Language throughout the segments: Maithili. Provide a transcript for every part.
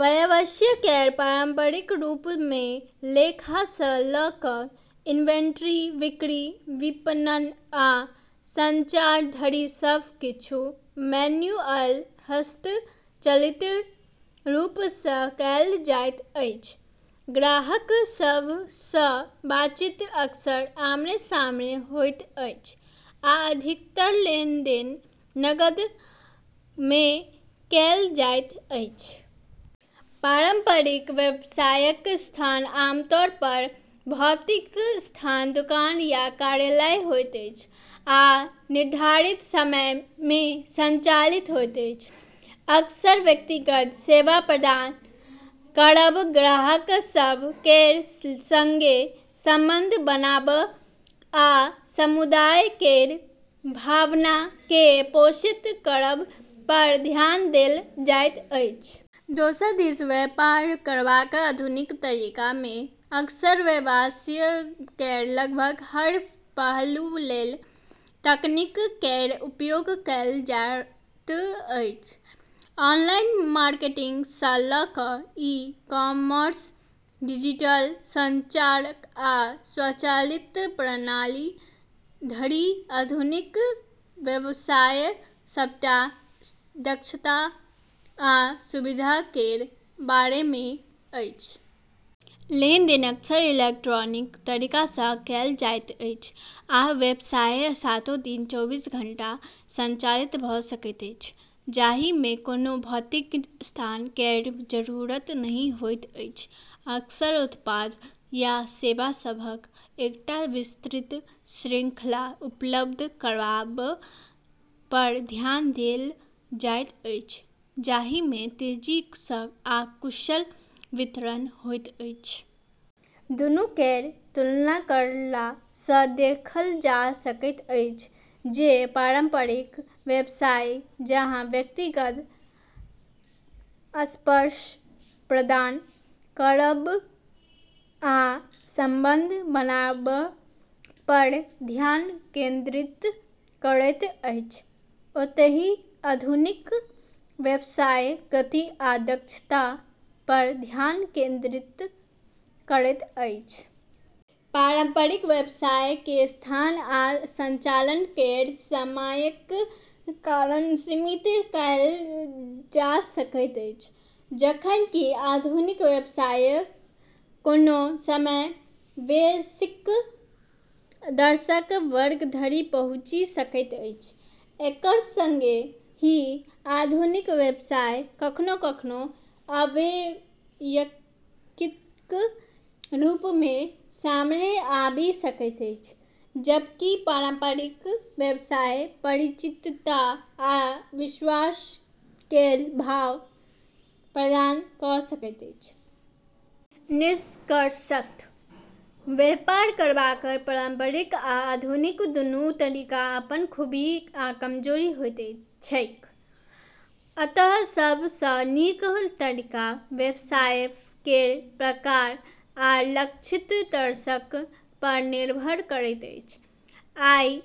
व्यवसाय केर पारंपरिक रूप मे लेखा सँ लऽ कऽ इन्वेंट्री, बिक्री, विपणन, आ संचार धरि सभ किछु मैन्युअल हस्तचलित रूप सँ कएल जाइत अछि। ग्राहक सभ सँ बातचीत अक्सर आमने-सामने होइत अछि, आ अधिकतर लेनदेन नकद मे कएल जाइत अछि। पारंपरिक व्यवसायक स्थान आमतौर पर भौतिक स्थान दुकान या कार्यालय होइत अछि आ निर्धारित समय मे संचालित होइत अछि। अक्सर व्यक्तिगत सेवा प्रदान करब, ग्राहक सभ केर संगे संबंध बनाबब, आ समुदाय केर भावना केँ पोषित करब पर ध्यान देल जाइत अछि। दोसर दिस व्यापार करबाक आधुनिक तरीका मे अक्सर व्यवसाय केर लगभग हर पहलू लेल तकनीक केर उपयोग कएल जाइत अछि। ऑनलाइन मार्केटिंग सँ लऽ कऽ ई-कॉमर्स, डिजिटल संचार, आ स्वचालित प्रणाली धरि, आधुनिक व्यवसाय सभटा दक्षता आ सुविधा केर बारे मे अछि। लेनदेन अक्सर इलेक्ट्रॉनिक तरीका सँ कएल जाइत अछि, आ व्यवसाय सातो दिन चौबीस घंटा संचालित भऽ सकैत अछि, जाहि मे कोनो भौतिक स्थान केर जरूरत नहि होइत अछि। अक्सर उत्पाद या सेवा सभक एकटा विस्तृत श्रृंखला उपलब्ध कराबब पर ध्यान देल जाइत अछि, जाहि मे तेजी सँ आ कुशल वितरण होइत अछि। दुनू केर तुलना करला सँ देखल जा सकैत अछि जे पारंपरिक व्यवसाय जहाँ व्यक्तिगत स्पर्श प्रदान करब आ संबंध बनाबब पर ध्यान केंद्रित करैत अछि, ओतही आधुनिक व्यवसाय गति आ दक्षता पर ध्यान केंद्रित करैत अछि। पारंपरिक व्यवसाय केँ स्थान आ संचालन केर समयक कारण सीमित कएल जा सकैत अछि, जखन कि आधुनिक व्यवसाय कोनो समय वैश्विक दर्शक वर्ग धरि पहुँचि सकैत अछि। एकर संगे ही आधुनिक व्यवसाय कखनो-कखनो अवैयक्तिक रूप मे सामने आबि सकैत अछि, जबकि पारंपरिक व्यवसाय परिचितता आ विश्वास केर भाव प्रदान कऽ सकैत अछि। निष्कर्षतः व्यापार करबाक पारंपरिक आ आधुनिक दुनू तरीकाक अपन खूबी आ कमजोरी होइत छैक। अंततः, सब सँ नीक तरीका व्यवसाय केर प्रकार आ लक्षित दर्शक पर निर्भर करैत अछि। आइ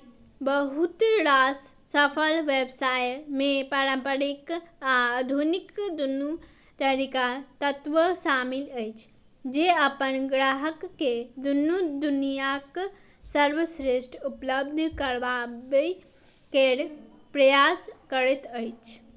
बहुत रास सफल व्यवसाय मे पारंपरिक आ आधुनिक दुनू तरीकाक तत्व शामिल अछि, जे अपन ग्राहक केँ दुनू दुनियाक सर्वश्रेष्ठ उपलब्ध कराबै केर प्रयास करैत अछि।